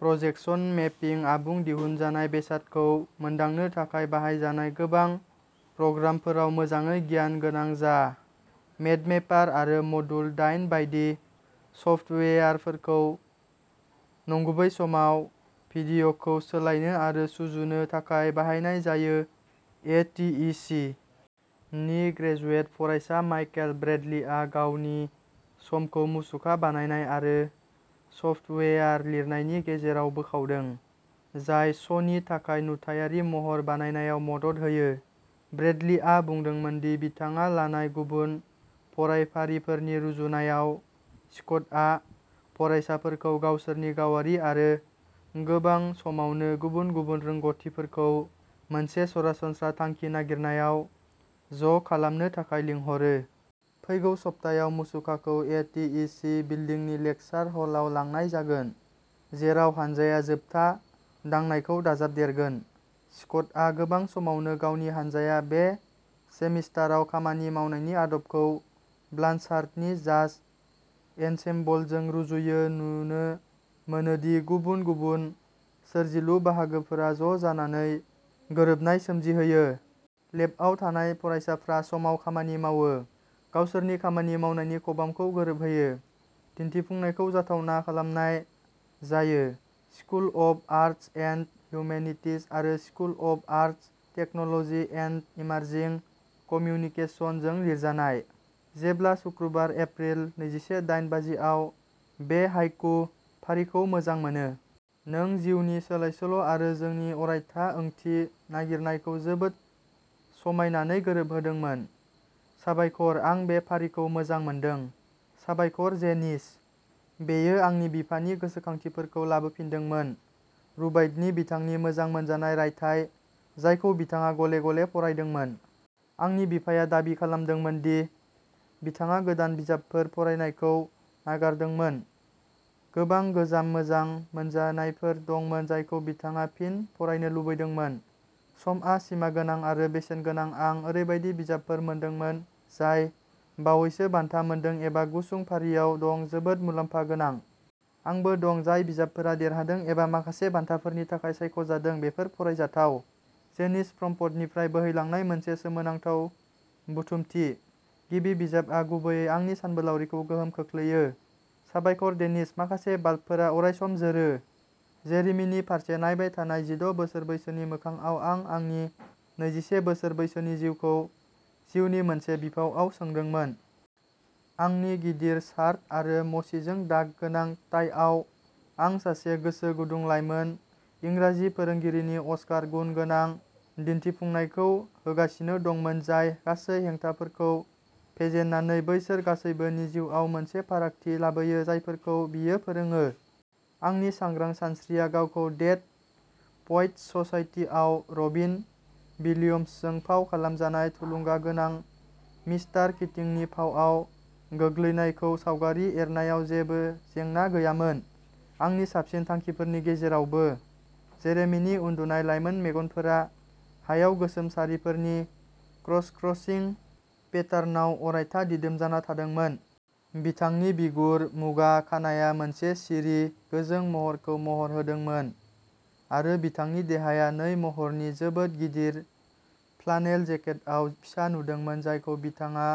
Projection मेपिं आबुं दिहुनजानाय बेसादखौ मोनदांनो थाखाय बाहायजानाय गोबां प्रग्रामफोराव मोजाङै गियान गोनां जा। मेडमेपार आरो मडुल दाइन बायदि सफ्टवेयारफोरखौ नंगुबै समाव भिडिय'खौ सोलायनो आरो सुजुनो थाखाय बाहायनाय जायो। ए. टि. इ. सि. नि ग्रेजुवेट फरायसा माइकेल ब्रेडलिआ गावनि समखौ मुसुखा बानायनाय आरो सफ्टवेयार लिरनायनि गेजेराव बोखावदों, जाय श'नि थाखाय नुथायारि महर बानायनायाव मदद होयो। ब्रेडलिआ बुंदोंमोन दि बिथाङा लानाय गुबुन फरायफारिफोरनि रुजुनायाव, स्क'टआ फरायसाफोरखौ गावसोरनि गावारि आरो गोबां समावनो गुबुन-गुबुन रोंग'थिफोरखौ मोनसे सरासनस्रा थांखि नागिरनायाव ज'खालामनो थाखाय लिंहरो। फैगौ सप्तायाव, मुसुखाखौ ए. टि. इ. सि. बिल्दिंनि लेकसार हलाव लांनाय जागोन, जेराव हानजाया जोबथा दांनायखौ दाजाबदेरगोन। स्क'टआ गोबां समावनो गावनि हानजाया बे सेमिस्टाराव खामानि मावनायनि आदबखौ ब्लानचार्डनि जाज एन्सेम्बलजों रुजुयो नुनो मोनोदि गुबुन गुबुन सोरजिलु बाहागोफोरा ज'जानानै गोरोबनाय सोमजिहोयो। लेबआव थानाय फरायसाफ्रा समाव खामानि मावो, गावसोरनि खामानि मावनायनि खबामखौ गोरोबहोयो। दिन्थिफुंनायखौ जाथावना खालामनाय जायो। School of arts and humanities आरो school of arts, technology, and emerging communication जों लिरजानाय। जेब्ला सुक्रुबार, एप्रिल नैजिसे दाइन बाजिआव बे हाइकु फारिखौ मोजां मोनो। नों जिउनि सोलायसोल' आरो जोंनि अरायथा ओंथि नागिरनायखौ जोबोद समायनायै गोरोबहोदोंमोन। साबायखर आं बे फारिखौ मोजां मोनदों। साबायखर जेनिस। बेयो आंनि बिफानि गोसोखांथिफोरखौ लाबोफिनदोंमोन, रुबायतनि बिथांनि मोजां मोनजानाय रायथाइ, जायखौ बिथाङा गले-गले फरायदोंमोन। आंनि बिफाया दाबि खालामदोंमोन दि बिथाङा गोदान बिजाबफोर फरायनायखौ नागारदोंमोन। गोबां गोजाम मोजां मोनजानायफोर दंमोन जायखौ बिथाङा फिन फरायनो लुबैदोंमोन। समआ सिमागोनां आरो बेसेनगोनां आं ओरैबायदि बिजाबफोर मोनदोंमोन जाय बावैसो बान्था मोनदों एबा गुसुं फारियाव दं जोबोद मुलाम्फा गोनां। आंबो दं जाय बिजाबफोरा देरहादों एबा माखासे बान्थाफोरनि थाखाय सायख'जादों बेफोर फरायजाथाव। जेनिस प्रम्पटनिफ्राय बोहैलांनाय मोनसे सोमोनांथाव बुथुमथि। गिबि बिजाबआ गुबैयै आंनि सानबोलावरिखौ गोहोम खोख्लैयो। साबायखर डेनिस माखासे बाल्बफोरा अरायसम जोरो। जेरेमीनि फारसे नायबाय थानाय जिद’ बोसोर बैसोनि मोखांआव आं आंनि नैजिसे बोसोर बैसोनि जिउखौ जिउनि मोनसे बिफावआव सोदोंमोन। आंनि गिदिर शार्ट आरो मसिजों दाग गोनां टाइआव, आं सासे गोसो गुदुं लाइमोन इंराजि फोरोंगिरिनि अस्कार गुन गोनां दिन्थिफुंनायखौ होगासिनो दंमोन जाय गासै हेंथाफोरखौ फेजेननानै बैसोर गासैबोनि जिउआव मोनसे फारागथि लाबोयो जायफोरखौ बियो फोरोङो। आंनि सांग्रां सानस्रिया गावखौ डेड पएट्स ससाइटिआव रबिन विलियम्सजों फाव खालामजानाय थुलुंगागोनां मिस्टार किटिंनि फावआव गोग्लैनायखौ सावगारि एरनायाव जेबो जेंना गैयामोन। आंनि साबसिन थांखिफोरनि गेजेरावबो, जेरेमिनि उन्दुनाय लाइमोन मेगनफोरा हायाव गोसोम सारिफोरनि क्रसक्रसिं पेटार्नाव अरायथा दिदोम जाना थादोंमोन। बिथांनि बिगुर, मुगा खानाया मोनसे सिरि, गोजों महरखौ महर होदोंमोन, आरो बिथांनि देहाया नै महरनि जोबोद गिदिर फ्लानेल जेकेटआव फिसा नुदोंमोन जायखौ बिथाङा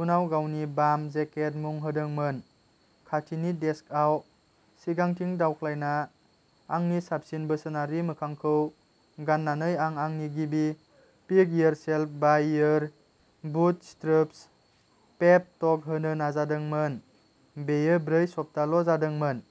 उनाव गावनि "बाम जेकेट" मुं होदोंमोन। खाथिनि डेस्कआव सिगांथिं दावख्लायना आंनि साबसिन बोसोनारि मोखांखौ गाननानै आं आंनि गिबि "पिक-योरसेल्फ-बाय-योर-बुटस्ट्रैप्स" पेप टक होनो नाजादोंमोन बेयो ब्रै सप्ताल' जादोंमोन।